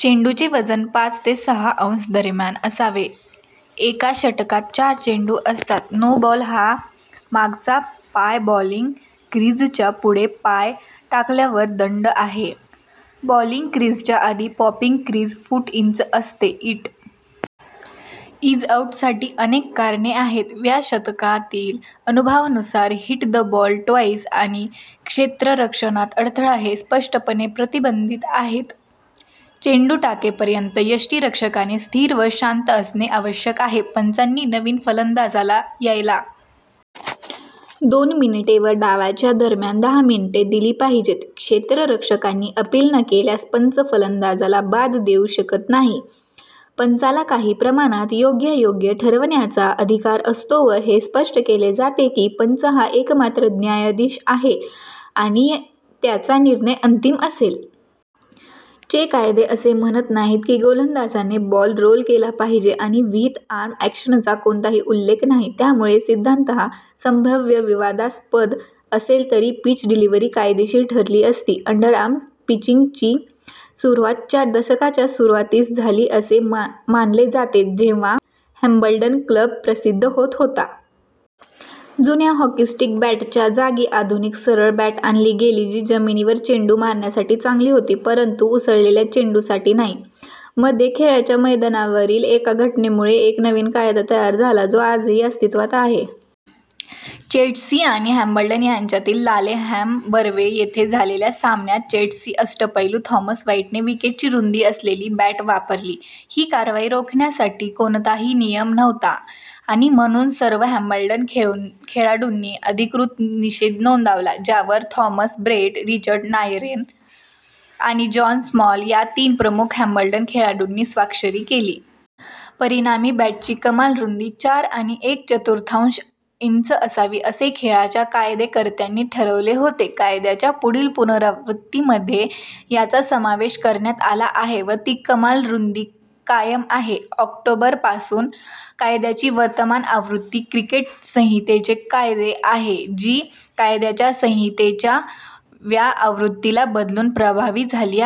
चेंडूचे वजन पाच ते सहा औंस दरम्यान असावे; एका षटकात चार चेंडू असतात; नो-बॉल हा मागचा पाय बॉलिंग क्रीझच्या पुढे पाय टाकल्यावर दंड आहे; बॉलिंग क्रीजच्या आधी पॉपिंग क्रीज फूट इंच असते; "इट इज आउट" साठी अनेक कारणे आहेत; व्या शतकातील अनुभवांनुसार हिट द बॉल ट्वाइस आणि क्षेत्ररक्षणात अडथळा हे स्पष्टपणे प्रतिबंधीत आहेत; चेंडू टाकेपर्यंत यष्टिरक्षकाने स्थिर व शांत असणे आवश्यक आहे; पंचांनी नवीन फलंदाजला यायला दोन मिनिटे व डावाच्या दरम्यान दहा मिनिटे दिली पाहिजेत; क्षेत्ररक्षकांनी अपील न केल्यास पंच फलंदाजाला बाद देऊ शकत नाहीत; पंचाला काही प्रमाणात योग्यायोग्य ठरवण्याचा अधिकार असतो व हे स्पष्ट केले जाते की पंच हा "एकमात्र न्यायाधीश" आहे आणि "त्याचा निर्णय अंतिम असेल". चे कायदे असे म्हणत नाहीत की गोलंदाजाने बॉल रोल केला पाहिजे आणि विहित आर्म ॲक्शनचा कोणताही उल्लेख नाही त्यामुळे, सिद्धांततः, संभाव्य विवादास्पद असले तरी पिच्ड डिलीव्हरी कायदेशीर ठरली असती. अंडरआर्म पिचिंगची सुरुवात च्या दशकाच्या सुरुवातीस झाली असे मानले जाते जेव्हा हॅम्बल्डन क्लब प्रसिद्ध होत होता. जुन्या "हॉकी स्टिक" बॅटच्या जागी आधुनिक सरळ बॅट आणली गेली जी जमिनीवर चेंडू मारण्यासाठी चांगली होती परंतु उसळलेल्या चेंडूसाठी नाही. मध्ये खेळाच्या मैदानावरील एका घटनेमुळे एक नवीन कायदा तयार झाला जो आजही अस्तित्त्वात आहे. चेर्टसी आणि हॅम्बल्डन यांच्यातील लालेहॅम बर्वे येथे झालेल्या सामन्यात चेर्टसी अष्टपैलू थॉमस व्हाईटने विकेटची रुंदी असलेली बॅट वापरली. ही कारवाई रोखण्यासाठी कोणताही नियम नव्हता आणि म्हणून सर्व हॅम्बल्डन खेळाडूंनी अधिकृत निषेध नोंदवला ज्यावर थॉमस ब्रेट, रिचर्ड नायरेन आणि जॉन स्मॉल या तीन प्रमुख हॅम्बल्डन खेळाडूंनी स्वाक्षरी केली. परिणामी, बॅटची कमाल रुंदी चार आणि एक चतुर्थांश इंच असावी, असे खेळाच्या कायदेकर्त्यांनी ठरवले होते; कायद्याच्या पुढील पुनरावृत्तीमध्ये याचा समावेश करण्यात आला आहे व ती कमाल रुंदी कायम आहे. ऑक्टोबर पासून कायद्याची वर्तमान आवृत्ती "क्रिकेट संहितेचे कायदे" आहे, जी " कायद्याच्या संहितेच्या" व्या आवृत्तीला बदलून प्रभावी झाली.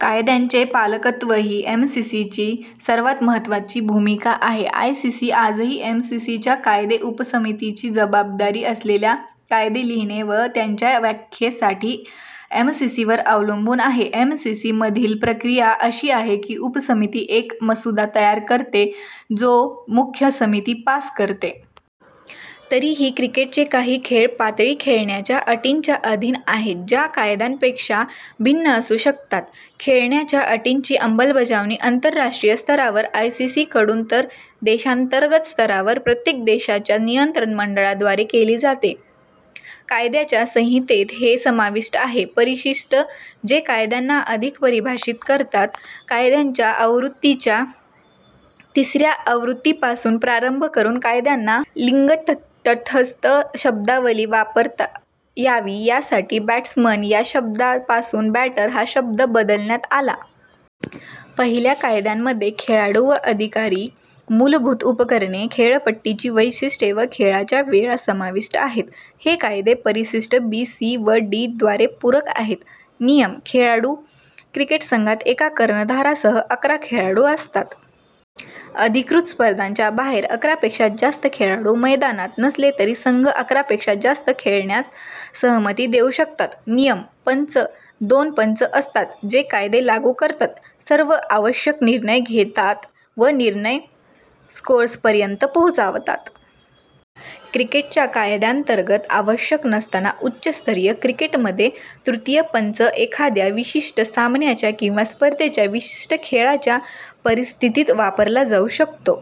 कायद्यांचे पालकत्त्व ही एमसीसी ची सर्वात महत्वाची भूमिका आहे. आयसीसी आजही एमसीसी च्या कायदे उपसमितीची जबाबदारी असलेल्या कायदे लिहिणे व त्यांच्या व्याख्येसाठी एमसीसी वर अवलंबून आहे. एमसीसी मधील प्रक्रिया अशी आहे की उपसमिती एक मसुदा तयार करते जो मुख्य समिती पास करते. तरीही क्रिकेटचे काही खेळ पातळी खेळण्याच्या अटींच्या अधीन आहेत ज्या कायद्यांपेक्षा भिन्न असू शकतात. खेळण्याच्या अटींची अंमलबजावणी आंतरराष्ट्रीय स्तरावर आयसीसीकडून तर देशांतर्गत स्तरावर प्रत्येक देशाच्या नियंत्रण मंडळाद्वारे केली जाते. कायद्याच्या संहितेत हे समाविष्ट आहे: परिशिष्ट, जे कायद्यांना अधिक परिभाषित करतात; कायद्यांच्या आवृत्तीच्या तिसऱ्या आवृत्तीपासून प्रारंभ करून कायद्यांना लिंग-तटस्थ शब्दावली वापरता यावी यासाठी "बॅट्समन " या शब्दापासून "बॅटर" हा शब्द बदलण्यात आला. पहिल्या कायद्यांमध्ये खेळाडू व अधिकारी, मूलभूत उपकरणे, खेळपट्टीची वैशिष्ट्ये व खेळाच्या वेळा समाविष्ट आहेत. हे कायदे परिशिष्ट बी, सी व डी द्वारे पूरक आहेत. नियम: खेळाडू. क्रिकेट संघात एका कर्णधारासह अकरा खेळाडू असतात. अधिकृत स्पर्धांच्या बाहेर अकरापेक्षा जास्त खेळाडू मैदानात नसले तरी संघ अकरा पेक्षा जास्त खेळण्यास सहमती देऊ शकतात. नियम: पंच. दोन पंच असतात, जे कायदे लागू करतात, सर्व आवश्यक निर्णय घेतात व निर्णय स्कोअरर्सपर्यंत पोहोचवतात. क्रिकेटच्या कायद्यांतर्गत आवश्यक नसताना उच्चस्तरीय क्रिकेटमध्ये तृतीय पंच एखाद्या विशिष्ट सामन्याच्या किंवा स्पर्धेच्या विशिष्ट खेळाच्या परिस्थितीत वापरला जाऊ शकतो.